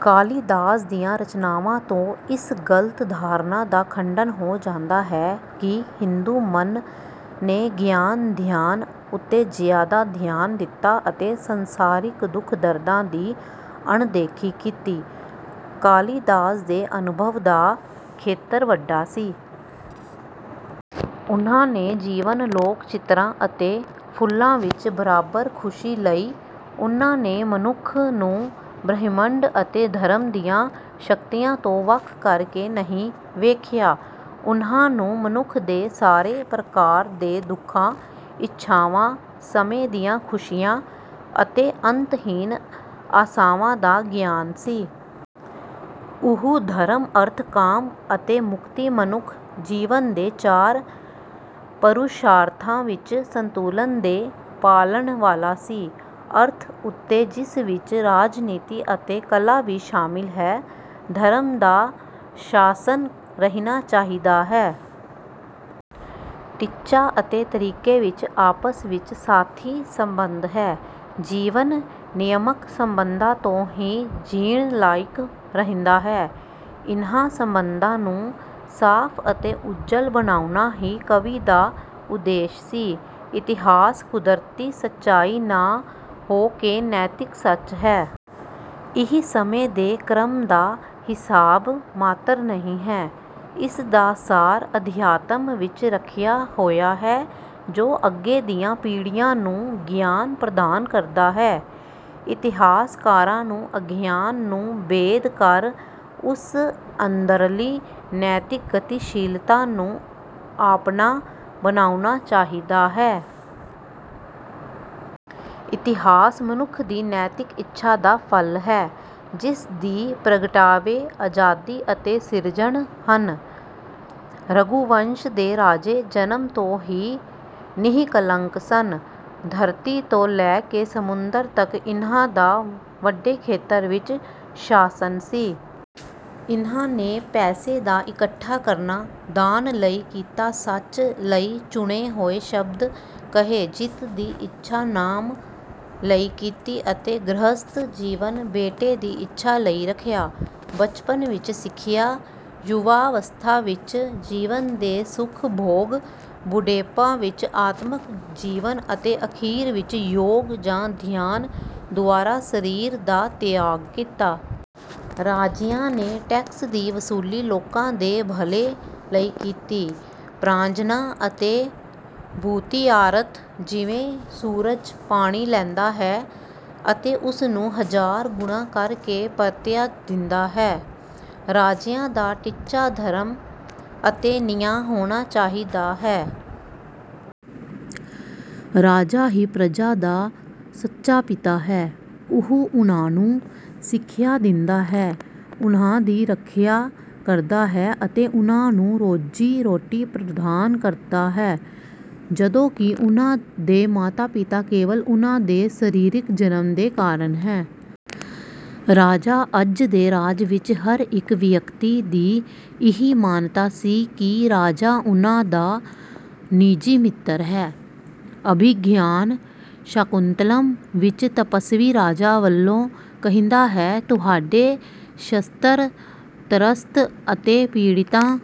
ਕਾਲੀਦਾਸ ਦੀਆਂ ਰਚਨਾਵਾਂ ਤੋਂ ਇਸ ਗਲਤ ਧਾਰਨਾ ਦਾ ਖੰਡਨ ਹੋ ਜਾਂਦਾ ਹੈ ਕਿ ਹਿੰਦੂ ਮਨ ਨੇ ਗਿਆਨ ਧਿਆਨ ਉੱਤੇ ਜਿਆਦਾ ਧਿਆਨ ਦਿੱਤਾ ਅਤੇ ਸੰਸਾਰਿਕ ਦੁੱਖ ਦਰਦਾਂ ਦੀ ਅਣਦੇਖੀ ਕੀਤੀ। ਕਾਲੀਦਾਸ ਦੇ ਅਨੁਭਵ ਦਾ ਖੇਤਰ ਵੱਡਾ ਸੀ। ਉਨ੍ਹਾਂ ਨੇ ਜੀਵਨ ਲੋਕ ਚਿਤਰਾਂ ਅਤੇ ਫੁੱਲਾਂ ਵਿੱਚ ਬਰਾਬਰ ਖੁਸ਼ੀ ਲਈ। ਉਨ੍ਹਾਂ ਨੇ ਮਨੁੱਖ ਨੂੰ ਬ੍ਰਹਿਮੰਡ ਅਤੇ ਧਰਮ ਦੀਆਂ ਸ਼ਕਤੀਆਂ ਤੋਂ ਵੱਖ ਕਰਕੇ ਨਹੀਂ ਵੇਖਿਆ। ਉਨ੍ਹਾਂ ਨੂੰ ਮਨੁੱਖ ਦੇ ਸਾਰੇ ਪ੍ਰਕਾਰ ਦੇ ਦੁਖਾਂ ਇੱਛਾਵਾਂ ਸਮੇਂ ਦੀਆਂ ਖੁਸ਼ੀਆਂ ਅਤੇ ਅੰਤਹੀਨ ਆਸਾਵਾਂ ਦਾ ਗਿਆਨ ਸੀ। ਉਹ ਧਰਮ ਅਰਥ ਕਾਮ ਅਤੇ ਮੁਕਤੀ ਮਨੁੱਖ ਜੀਵਨ ਦੇ ਚਾਰ ਪੁਰੁਸ਼ਾਰਥਾਂ ਵਿੱਚ ਸੰਤੁਲਨ ਦੇ ਪਾਲਣ ਵਾਲਾ ਸੀ। ਅਰਥ ਉੱਤੇ ਜਿਸ ਵਿੱਚ ਰਾਜਨੀਤੀ ਅਤੇ ਕਲਾ ਵੀ ਸ਼ਾਮਿਲ ਹੈ ਧਰਮ ਦਾ ਸ਼ਾਸਨ ਰਹਿਣਾ ਚਾਹੀਦਾ ਹੈ। ਟੀਚਾ ਅਤੇ ਤਰੀਕੇ ਵਿੱਚ ਆਪਸ ਵਿੱਚ ਸਾਥੀ ਸੰਬੰਧ ਹੈ। ਜੀਵਨ ਨਿਯਮਕ ਸਬੰਧਾਂ ਤੋਂ ਹੀ ਜੀਣ ਲਾਇਕ ਰਹਿੰਦਾ ਹੈ। ਇਨ੍ਹਾਂ ਸਬੰਧਾਂ ਨੂੰ ਸਾਫ ਅਤੇ ਉੱਜਲ ਬਣਾਉਣਾ ਹੀ ਕਵੀ ਦਾ ਉਦੇਸ਼ ਸੀ। ਇਤਹਾਸ ਕੁਦਰਤੀ ਸਚਾਈ ਨਾ ਹੋਕੇ ਨੈਤਿਕ ਸੱਚ ਹੈ। ਇਹ ਸਮੇਂ ਦੇ ਕ੍ਰਮ ਦਾ ਹਿਸਾਬ ਮਾਤਰ ਨਹੀਂ ਹੈ। ਇਸਦਾ ਸਾਰ ਅਧਿਆਤਮ ਵਿੱਚ ਰਖਿਆ ਹੋਇਆ ਹੈ ਜੋ ਅੱਗੇ ਦੀਆਂ ਪੀੜੀਆਂ ਨੂੰ ਗਿਆਨ ਪ੍ਰਦਾਨ ਕਰਦਾ ਹੈ। ਇਤਿਹਾਸਕਾਰਾਂ ਨੂੰ ਅਗਿਆਨ ਨੂੰ ਭੇਦ ਕਰ ਉਸ ਅੰਦਰਲੀ ਨੈਤਿਕ ਗਤੀਸ਼ੀਲਤਾ ਨੂੰ ਆਪਣਾ ਬਣਾਉਣਾ ਚਾਹੀਦਾ ਹੈ। ਇਤਹਾਸ ਮਨੁੱਖ ਦੀ ਨੈਤਿਕ ਇੱਛਾ ਦਾ ਫਲ ਹੈ ਜਿਸਦੀ ਪ੍ਰਗਟਾਵੇ ਆਜ਼ਾਦੀ ਅਤੇ ਸਿਰਜਣ ਹਨ। ਰਘੂਵੰਸ਼ ਦੇ ਰਾਜੇ ਜਨਮ ਤੋਂ ਹੀ ਨਿਹਕਲੰਕ ਸਨ। ਧਰਤੀ ਤੋਂ ਲੈ ਕੇ ਸਮੁੰਦਰ ਤੱਕ ਇਨ੍ਹਾਂ ਦਾ ਵੱਡੇ ਖੇਤਰ ਵਿੱਚ ਸ਼ਾਸਨ ਸੀ। ਇਨ੍ਹਾਂ ਨੇ ਪੈਸੇ ਦਾ ਇਕੱਠਾ ਕਰਨਾ ਦਾਨ ਲਈ ਕੀਤਾ ਸੱਚ ਲਈ ਚੁਣੇ ਹੋਏ ਸ਼ਬਦ ਕਹੇ ਜਿੱਤ ਦੀ ਇੱਛਾ ਨਾਮ ਲਈ ਕੀਤੀ ਅਤੇ ਗ੍ਰਹਸਥ ਜੀਵਨ ਬੇਟੇ ਦੀ ਇੱਛਾ ਲਈ ਰੱਖਿਆ। ਬਚਪਨ ਵਿੱਚ ਸਿੱਖਿਆ ਯੁਵਾਵਸਥਾ ਵਿੱਚ ਜੀਵਨ ਦੇ ਸੁਖ ਭੋਗ ਬੁਢੇਪਾ ਵਿੱਚ ਆਤਮਕ ਜੀਵਨ ਅਤੇ ਅਖੀਰ ਵਿੱਚ ਯੋਗ ਜਾਂ ਧਿਆਨ ਦੁਆਰਾ ਸਰੀਰ ਦਾ ਤਿਆਗ ਕੀਤਾ। ਰਾਜਿਆਂ ਨੇ ਟੈਕਸ ਦੀ ਵਸੂਲੀ ਲੋਕਾਂ ਦੇ ਭਲੇ ਲਈ ਕੀਤੀ ਪ੍ਰਜਾਨਾੰ ਅਤੇ ਭੂਤਿਆਰਥੰ ਜਿਵੇਂ ਸੂਰਜ ਪਾਣੀ ਲੈਂਦਾ ਹੈ ਅਤੇ ਉਸਨੂੰ ਹਜ਼ਾਰ ਗੁਣਾ ਕਰਕੇ ਪਰਤਿਆ ਦਿੰਦਾ ਹੈ। ਰਾਜਿਆਂ ਦਾ ਟੀਚਾ ਧਰਮ ਅਤੇ ਨਿਆਂ ਹੋਣਾ ਚਾਹੀਦਾ ਹੈ। ਰਾਜਾ ਹੀ ਪ੍ਰਜਾ ਦਾ ਸੱਚਾ ਪਿਤਾ ਹੈ ਉਹ ਉਨ੍ਹਾਂਨੂੰ ਸਿੱਖਿਆ ਦਿੰਦਾ ਹੈ ਉਨ੍ਹਾਂ ਦੀ ਰੱਖਿਆ ਕਰਦਾ ਹੈ ਅਤੇ ਉਨ੍ਹਾਂਨੂੰ ਰੋਜ਼ੀ ਰੋਟੀ ਪ੍ਰਦਾਨ ਕਰਦਾ ਹੈ ਜਦੋਂ ਕਿ ਉਨ੍ਹਾਂ ਦੇ ਮਾਤਾ ਪਿਤਾ ਕੇਵਲ ਉਨ੍ਹਾਂ ਦੇ ਸਰੀਰਕ ਜਨਮ ਦੇ ਕਾਰਨ ਹੈ। ਰਾਜਾ ਅਜ ਦੇ ਰਾਜ ਵਿੱਚ ਹਰ ਇੱਕ ਵਿਅਕਤੀ ਦੀ ਇਹੀ ਮਾਨਤਾ ਸੀ ਕਿ ਰਾਜਾ ਉਨ੍ਹਾਂ ਦਾ ਨਿੱਜੀ ਮਿੱਤਰ ਹੈ। ਅਭਿਗਿਆਨ ਸ਼ਾਕੁੰਤਲਮ ਵਿੱਚ ਤਪੱਸਵੀ ਰਾਜਾ ਵਲੋਂ ਕਹਿੰਦਾ ਹੈ ਤੁਹਾਡੇ ਸ਼ਸਤਰ ਤਰਸਤ ਅਤੇ ਪੀੜੀਤਾਂ